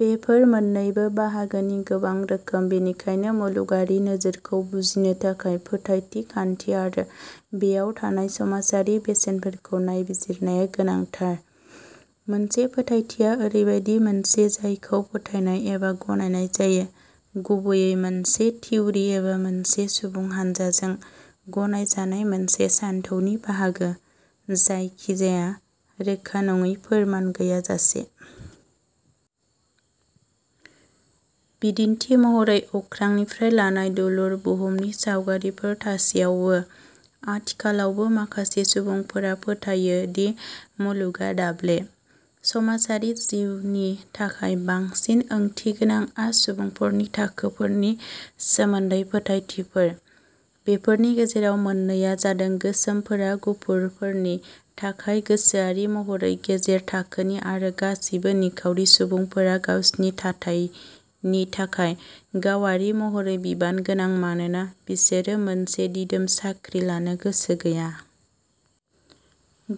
बेफोर मोन्नैबो बाहागोनि गोबां रोखोम। बेनिखायनो मुलुगारि नोजोरखौ बुजिनो थाखाय फोथायथि खान्थि आरो बेयाव थानाय समाजारि बेसेनफोरखौ नायबिजिरनाया गोनांथार। मोनसे फोथायथिआ ओरैबायदि मोनसे जायखौ फोथायनाय एबा गनायनाय जायो, गुबैयै मोनसे थिउरि एबा मोनसे सुबुं हान्जाजों गनायजानाय मोनसे सानथौनि बाहागो, जायखिजाया रोखा नङै फोरमान गैयाजासे। बिदिन्थि महरै, अख्रांनिफ्राय लानाय दुलुर बुहुमनि सावगारिफोर थासेयावबो, आथिखालावबो माखासे सुबुंफोरा फोथायो दि मुलुगआ दाब्ले। समाजारि जिउनि थाखाय बांसिन ओंथिगोनांआ सुबुंफोरनि थाखोफोरनि सोमोन्दै फोथायथिफोर। बेफोरनि गेजेराव मोननैआ जादों गोसोमफोरा गुफुरफोरनि थाखाय गोसोआरि महरै गेजेर थाखोनि, आरो गासैबो निखावरि सुबुंफोरा गावसिनि थाथायनि थाखाय गावारि महरै बिबान गोनां मानोना बिसोरो मोनसे दिदोम साख्रि लानो गोसो गैया।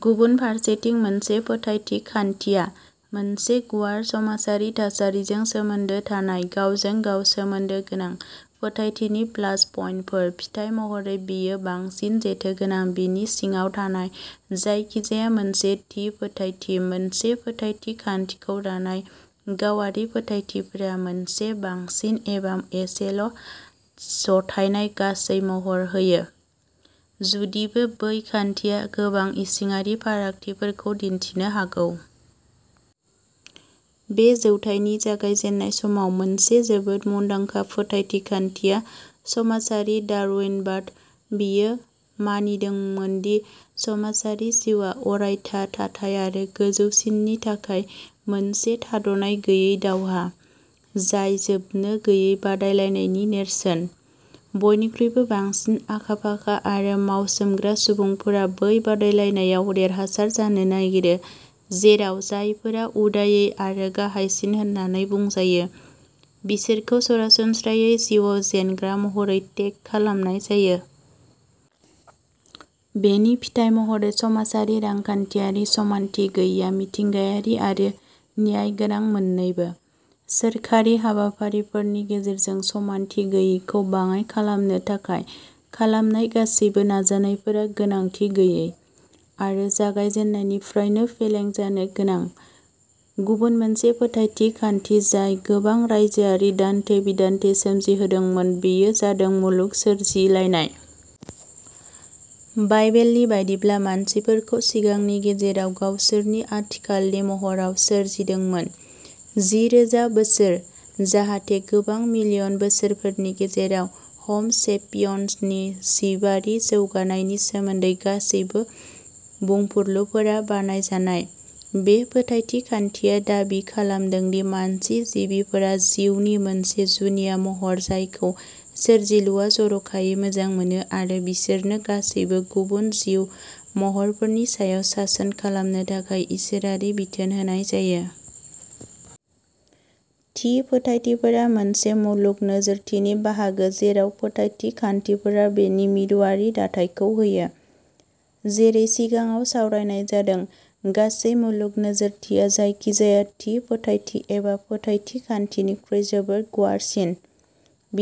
गुबुन फारसेथिं, मोनसे फोथायथि खान्थिया मोनसे गुवार समाजारि थासारिजों सोमोन्दो थानाय गावजों-गाव सोमोन्दो गोनां फोथायथिनि प्लास पइन्टफोर। फिथाय महरै, बेयो बांसिन जेथोगोनां। बिनि सिङाव थानाय जायखिजाया मोनसे थि फोथायथि। मोनसे फोथायथि खान्थिखौ दानाय गावारि फोथायथिफोरा मोनसे बांसिन एबा एसेल' जथायनाय गासै महर होयो, जुदिबो बै खान्थिया गोबां इसिङारि फारागथिफोरखौ दिन्थिनो हागौ। बे जौथाइनि जागायजेन्नाय समाव मोनसे जोबोद मुंदांखा फोथायथि खान्थिया समाजारि डारउइनबाद। बेयो मानिदोंमोन दि समाजारि जिउआ अरायथा थाथाय आरो गोजौसिननि थाखाय मोनसे थाद'नाय गैयै दावहा, जाय जोबनो गैयै बादायलायनायनि नेरसोन। बयनिख्रुइबो बांसिन आखा-फाखा आरो मावसोमग्रा सुबुंफोरा बे बादायलायनायाव देरहासार जानो नागिरो, जेराव जायफोरा उदायै आरो गाहायसिन होनना बुंजायो, बिसोरखौ सरासनस्रायै जिउआव जेनग्रा महरै टेग खालामनाय जायो। बेनि फिथाय महरै, समाजारि रांखान्थियारि समानथि गैयैआ मिथिंगायारि आरो न्यायगोनां मोन्नैबो। सोरखारि हाबाफारिफोरनि गेजेरजों समानथि गैयैखौ बाङाइ खालामनो थाखाय खालामनाय गासैबो नाजानायफोरा गोनांथि गैयै आरो जागायजेन्नायनिफ्रायनो फेलें जानो गोनां। गुबुन मोनसे फोथायथि खान्थि जाय गोबां रायजोआरि दान्थे-बिदान्थे सोमजिहोदोंमोन बेयो जादों मुलुग सोरजिलायनाय। बाइबेलनि बायदिब्ला, मानसिफोरखौ सिगांनि गेजेराव गावसोरनि आथिखालनि महराव सोरजिदोंमोन। जिरोजा बोसोर, जाहाथे गोबां मिलियन बोसोरफोरनि गेजेराव हम'सेपियन्सनि जिबारि जौगानायनि सोमोन्दै गासैबो बुंफुरलुफोरा बानायजानाय। बे फोथायथि खान्थिया दाबि खालामो दि मानसि जिबफोरा जिउनि मोनसे जुनिया महर जायखौ सोरजिलुआ जरखायै मोजां मोनो आरो बिसोरनो गासैबो गुबुन जिउ महरफोरनि सायाव सासन खालामनो थाखाय इसोरारि बिथोन होनाय जायो। थि फोथायथिफोरा मोनसे मुलुग नोजोरथिनि बाहागो, जेराव फोथायथि खान्थिफोरा बेनि मिरुआरि दाथायखौ होयो। जेरै सिगाङाव सावरायनाय जादों, गासै मुलुग नोजोरथिया जायखिजाया थि फोथायथि एबा फोथायथि खान्थिनिख्रुइ जोबोद गुवारसिन।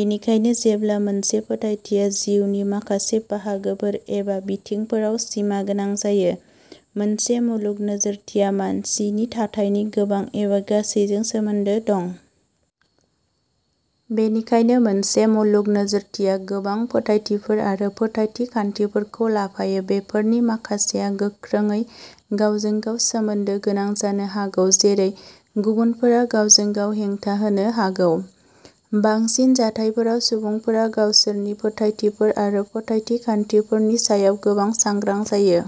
बेनिखायनो जेब्ला मोनसे फोथायथिआ जिउनि माखासे बाहागोफोर एबा बिथिंफोराव सिमागोनां जायो, मोनसे मुलुग नोजोरथिया मानसिनि थाथायनि गोबां एबा गासैजों सोमोन्दो दं। बेनिखायनो, मोनसे मुलुग नोजोरथिया गोबां फोथायथिफोर आरो फोथायथि खान्थिफोरखौ लाफायो। बेफोरनि माखासेया गोख्रोंयै गावजों-गाव सोमोन्दो गोनां जानो हागौ, जेरै गुबुनफोरा गावजों-गाव हेंथा होनो हागौ। बांसिन जाथायफोराव, सुबुंफोरा गावसोरनि फोथायथिफोर आरो फोथायथि खान्थिफोरनि सायाव गोबां सांग्रां जायो।